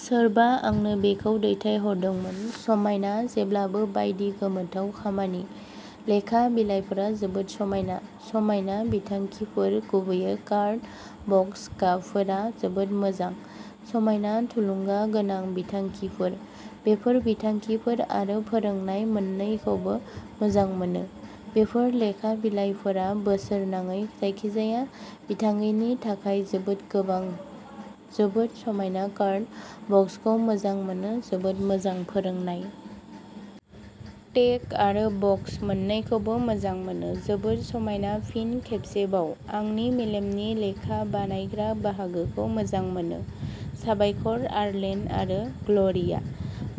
सोरबा आंनो बेखौ दैथायहरदोंमोन। समायना जेब्लाबो बायदि गोमोथाव खामानि। लेखा बिलाइफोरा जोबोद समायना। समायना बिथांखिफोर-गुबैयै कार्ड बक्स गाबफोरा जोबोद मोजां। समायना थुलुंगा गोनां बिथांखिफोर। बेफोर बिथांखिफोर आरो फोरोंनाय मोन्नैखौबो मोजां मोनो। बेफोर लेखा बिलाइफोरा बोसोरनाङै जायखिजाया बिथांखिनि थाखाय जोबोद गोबां जोबोद समायना कार्ड बक्सखौ मोजां मोनो जोबोद मोजां फोरोंनाय। टेग आरो बक्स मोन्नैखौबो मोजां मोनो। जोबोद समायना फिन खेबसेबाव, आंनि मेलेमनि लेखा बानायग्रा बाहागोखौ मोजां मोनो। साबायखर, आर्लेन आरो ग्ल'रिया।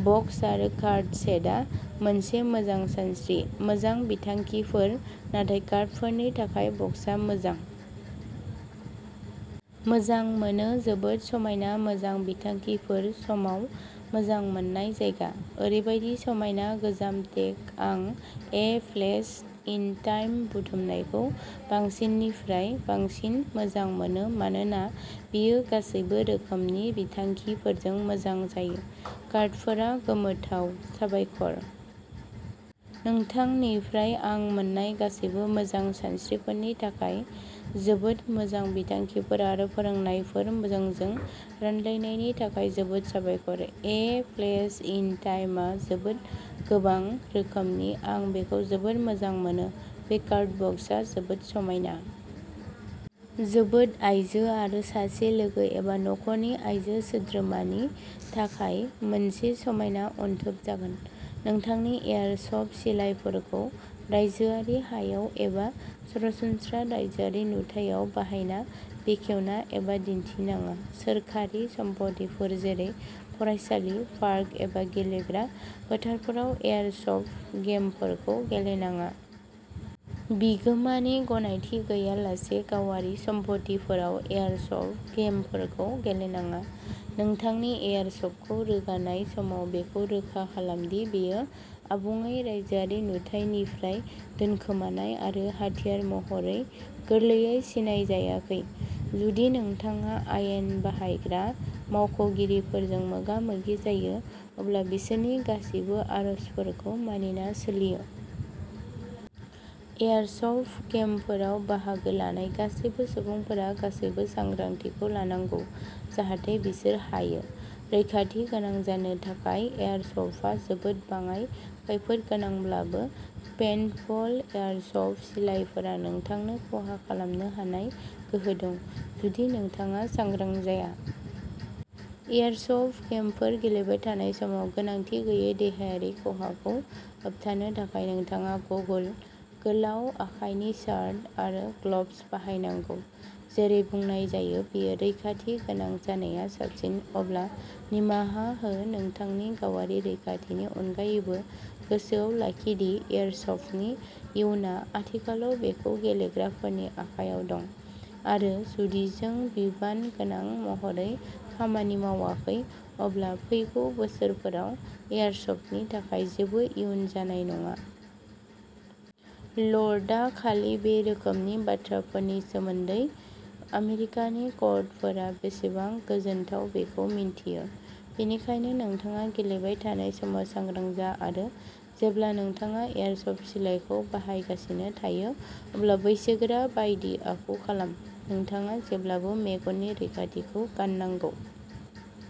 बक्स आरो कार्ड सेटआ मोनसे मोजां सानस्रि। मोजां बिथांखिफोर नाथाय कार्डफोरनि थाखाय बक्सआ मोजां। मोजां मोनो-जोबोद समायना मोजां बिथांखिफोर समाव मोजां मोन्नाय जायगा। ओरैबायदि समायना गोजाम टेग आं ए प्लेस इन टाइम बुथुमनायखौ बांसिननिफ्राय बांसिन मोजां मोनो मानोना बेयो गासैबो रोखोमनि बिथांखिफोरजों मोजां जायो। कार्डफोरा गोमोथाव, साबायखर। नोंथांनिफ्राय आं मोन्नाय गासैबो मोजां सानस्रिफोरनि थाखाय। जोबोद मोजां बिथांखिफोर आरो फोरोंनायफोर-जोंजों रानलायनायनि थाखाय जोबोद साबायखर। ए प्लेस इन टाइमआ जोबोद गोबां रोखोमनि आं बेखौ जोबोद मोजां मोनो। बे कार्ड बक्सआ जोबोद समायना। जोबोद आइजो आरो सासे लोगो एबा नखरनि आइजो सोद्रोमानि थाखाय मोनसे समायना अनथोब जागोन। नोंथांनि एयारसफ्ट सिलाइफोरखौ रायजोआरि हायाव एबा सरासनस्रा राइजोआरि नुथायाव बाहायना, बेखेवना एबा दिन्थिनाङा। सोरखारि सम्पथिफोर जेरै फरायसालि, पार्क एबा गेलेग्रा फोथारफोराव एयारसफ्ट गेमफोरखौ गेलेनाङा। बिगोमानि गनायथि गैयालासे गावारि सम्पथिफोराव एयारसफ्ट गेमफोरखौ गेलेनाङा। नोंथांनि एयारसफ्टखौ रोगानाय समाव बेखौ रोखा खालाम दि बेयो आबुङै राइजोआरि नुथाइनिफ्राय दोनखोमानाय आरो हाथियार महरै गोरलैयै सिनायजायाखै। जुदि नोंथाङा आयेन बाहायग्रा मावख'गिरिफोरजों मोगा-मोगि जायो, अब्ला बिसोरनि गासिबो आर'सफोरखौ मानिना सोलियो। एयारसफ्ट गेमफोराव बाहागो लानाय गासैबो सुबुंफोरा गासैबो सांग्रांथिखौ लानांगौ, जाहाथे बिसोर हायो। रैखाथि गोनां जानो थाखाय। एयारसफ्टआ जोबोद बाङाइ खैफोद गोनांब्लाबो, पेन्टबल एयारसफ्ट सिलाइफोरा नोंथांनो खहा खालामनो हानाय गोहो दं, जुदि नोंथाङा सांग्रां जाया। एयारसफ्ट गेमफोर गेलेबाय थानाय समाव गोनांथि गैयै देहायारि खहाखौ होबथानो थाखाय नोंथाङा गगल, गोलाव आखाइनि सार्ट आरो ग्लब्स बाहायनांगौ। जेरै बुंनाय जायो, बेयो रैखाथि गोनां जानाया साबसिन, अब्ला निमाहा हो नोंथांनि गावारि रैखाथिनि अनगायैबो गोसोआव लाखि दि एयारसफ्टनि इयुनआ आथिखालाव बेखौ गेलेग्राफोरनि आखायाव दं, आरो जुदि जों बिबानगोनां महरै खामानि मावाखै अब्ला फैगौ बोसोरफोराव एयारसफ्टनि थाखाय जेबो इयुन जानाय नङा। लर्डआ खालि बे रोखोमनि बाथ्राफोरनि सोमोन्दै आमेरिकानि कर्टफोरा बेसेबां गोजोनथाव बेखौ मिन्थियो, बेनिखायनो नोंथाङा गेलेबाय थानाय समाव सांग्रां जा आरो जेब्ला नोंथाङा एयारसफ्ट सिलाइखौ बाहायगासिनो थायो अब्ला बैसोगोरा बायदि आखु खालाम। नोंथाङा जेब्लाबो मेगननि रैखाथिखौ गाननांगौ।